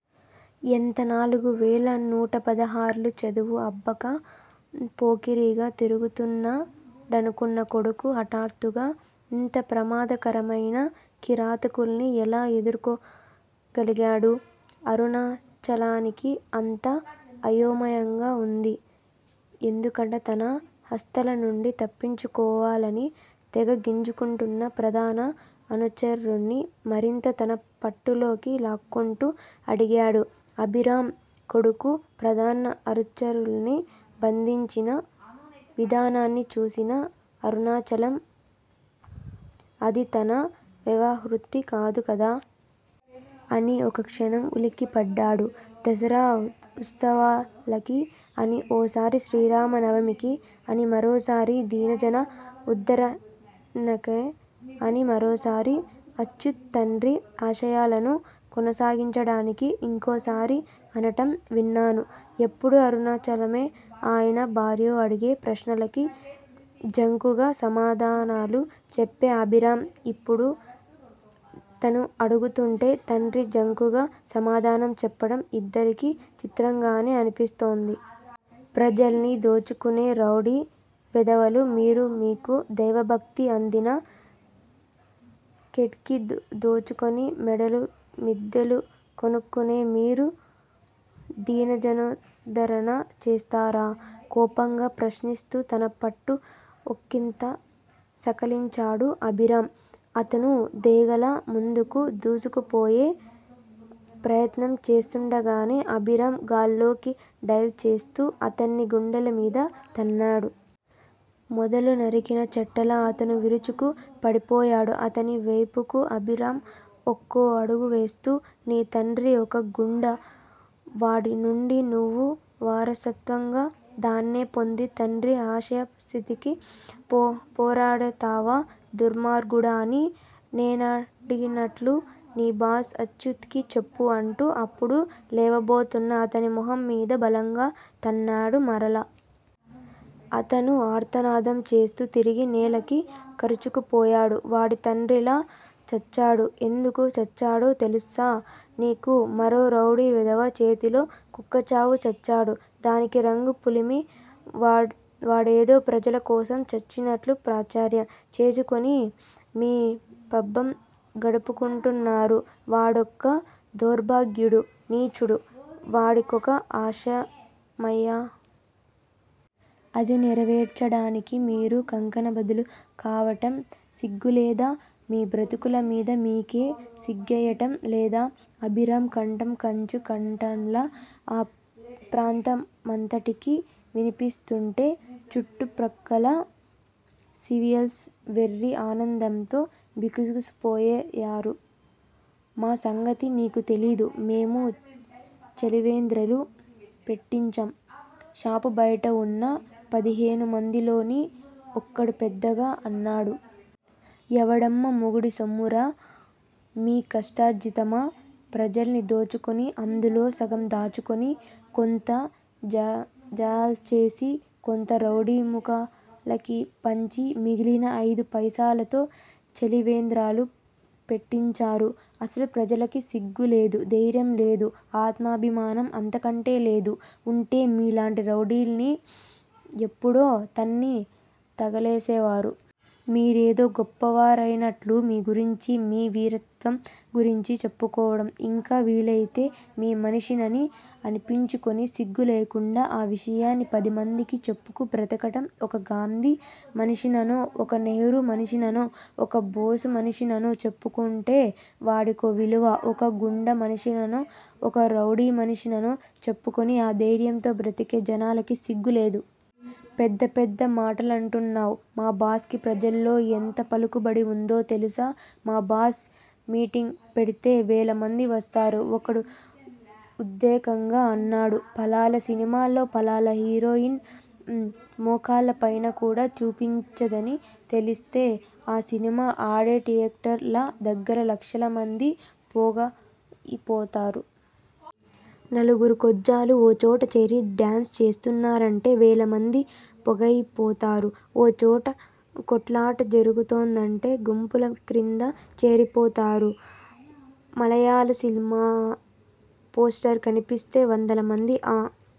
ఎంత? నాలుగువేల నూటపదహార్లు చదువు అబ్బక పోకిరిగా తిరుగుతున్నాడనుకున్న కొడుకు హఠాత్తుగా ఇంత ప్రమాదకరమైన కిరాతకుల్ని ఎలా ఎదుర్కోగలిగాడు? అరుణాచలానికి అంతా అయోమయంగా వుంది. ఎందుకట తన హస్తాలనుండి తప్పించుకోవాలని తెగ గింజుకుంటున్న ప్రధాన అనుచరుడ్ని మరింత తన పట్టులోకి లాక్కుంటూ అడిగాడు అభిరామ్. కొడుకు ప్రధాన అనుచరుడ్ని బంధించిణ విధానాన్ని చూసిన అరుణాచలం అది తన వ్యవహృతి కాదు కదా? అని ఒక్కక్షణం ఉలిక్కిపడ్డాడు. దసరా ఉత్సవాలకి అని ఓసారి, శ్రీరామనవమికి అని మరోసారి, దీనజన ఉద్దరణకి అని మరోసారి, అచ్యుత్ తండ్రి ఆశయాలను కొనసాగించడానికి ఇంకోసారి అనటం విన్నాను ఎప్పుడూ అరుణాచలమో, ఆయన భార్యో అడిగే ప్రశ్నలకి జంకుగా సమాధానాలు చెప్పే అభిరామ్ యిప్పుడు తను అడుగుతుంటే తండ్రి జంకుగా సమాధానం చెప్పడం యిద్దరికీ చిత్రంగానే అనిపిస్తోంది. ప్రజల్ని దోచుకునే రౌడీ వెధవలు మీరు మీకు దైవభక్తా? అందిన కైడ్కి దోచుకుని మేడలు, మిద్దెలు, కొనుక్కునే మీరు దీనజనోద్దరణ చేస్తారా? కోపంగా ప్రశ్నిస్తూ తన పట్టు ఒకింత సడలించాడు అభిరామ్. అతను దేగాలా ముందుకు దూసుకుపోయే ప్రయత్నం చేస్తుండగానే అభిరామ్ గాల్లోకి డైవ్ చేస్తూ అతని గుండెల మీద తన్నాడు. మొదలు నరికిన చెట్టులా అతను విరుచుకు పడిపోయాడు. అతని వేపుకి అభిరామ్ ఒక్కో అడుగువేస్తూ- నీ తండ్రి ఒక గూండా! వాడి నుండి నువ్వు వారసత్వంగా దాన్నే పొంది తండ్రి ఆశయసిద్దికి పోరాడతావా దుర్మార్గుడా అని నేనడిగినట్లు నీ బాస్ అచ్యుత్ కి చెప్పు అంటూ అప్పుడే లేవబోతున్న అతని మొహం మీద బలంగా తన్నాడు మరలా. అతను ఆర్తనాదం చేస్తూ తిరిగి నేలకి కరుచుకుపోయాడు. వాడి తండ్రెలా చచ్చాడు? యెందుకు చచ్చాడు? తెలుసా నీకు? మరో రౌడీ వెధవ చేతిలో కుక్కచావు చచ్చాడు. దానికి రంగు పులిమి వాడేదో ప్రజల కోసం చచ్చినట్లు ప్రచారం చేసుకుని మీ పబ్బం గడుపుకుంటున్నారు. వాడొక దౌర్భాగ్యుడు, నీచుడు వాడికొక ఆశయమా? అది నెరవేర్చడానికి మీరు కంకణబద్దులు కావటం సిగ్గులేదూ? మీ బ్రతుకుల మీద మీకే సిగ్గేయటం లేదూ? అభిరామ్ కంఠం కంచు కంఠంలా ఆ ప్రాంతమంతటికీ వినిపిస్తుంటే చుట్టుప్రక్కల సివిలియన్స్ వెర్రి ఆనందంతో బిగుసుకుపోయారు. మా సంగతి నీకు తెలీదు మేము చలివేంద్రాలు పెట్టించాం షాపు బయట వున్న పదిహేనుమందిలోని ఒకడు పెద్దగా అన్నాడు. ఎవడమ్మ మొగుడి సొమ్మురా? మీ కష్టార్జితమా? ప్రజల్ని దోచుకుని, అందులో సగం దాచుకొని, కొంత జల్సాచేసి, కొంత రౌడీమూకలకి పంచి, మిగిలిన ఐదు పైసలతో చలివేంద్రాలు పెట్టించారు? అసలు ప్రజలకి సిగ్గులేదు, ధైర్యం లేదు ఆత్మాభిమానం అంతకంటే లేదు వుంటే మీలాంటి రౌడీల్ని యెప్పుడో తన్ని తగలేసేవారు. మీరేదో గొప్పవారయినట్లు మీ గురించి, మీ వీరత్వం గురించి చెప్పుకోవడం, ఇంకా వీలయితే మీ మనిషినని అనిపించుకొని సిగ్గు లేకుండా ఆ విషయాన్ని పదిమందికీ చెప్పుకు బ్రతకటం, ఒక గాంధీ మనిషిననో, ఒక నెహ్రూ మనిషిననో, ఒక బోసు మనిషిననో చెప్పుకుంటే వాడికో విలువ! ఒక గూండా మనిషిననో, ఒక రౌడీ మనిషిననో చెప్పుకుని, ఆ ధైర్యంతో బ్రతికే జనాలకి సిగ్గులేదు. పెద్ద పెద్ద మాటలంటున్నావ్ మా బాస్ కి ప్రజల్లో యెంత పలుకుబడి వుందో తెలుసా? మా బాస్ మీటింగ్ పెడితే వేలమంది వస్తారు ఒకడు ఉద్రేకంగా అన్నాడు. ఫలానా సినిమాలో ఫలానా హీరోయిన్ మోకాళ్ళ పైన కూడా చూపించిందని తెలిస్తే ఆ సినిమా ఆడే థియేటర్ ల దగ్గర లక్షల మంది పోగయిపోతారు. నలుగురు కొజ్జాలు ఓ చోట చేరి డాన్స్ చేస్తున్నారంటే వేలమంది పోగయిపోతారు. ఓ చోట కొట్లాట జరుగుతోందంటే గుంపుల క్రింద చేరిపోతారు. మళయాళ సినిమా పోస్టర్ కనిపిస్తే వందలమంది ఆ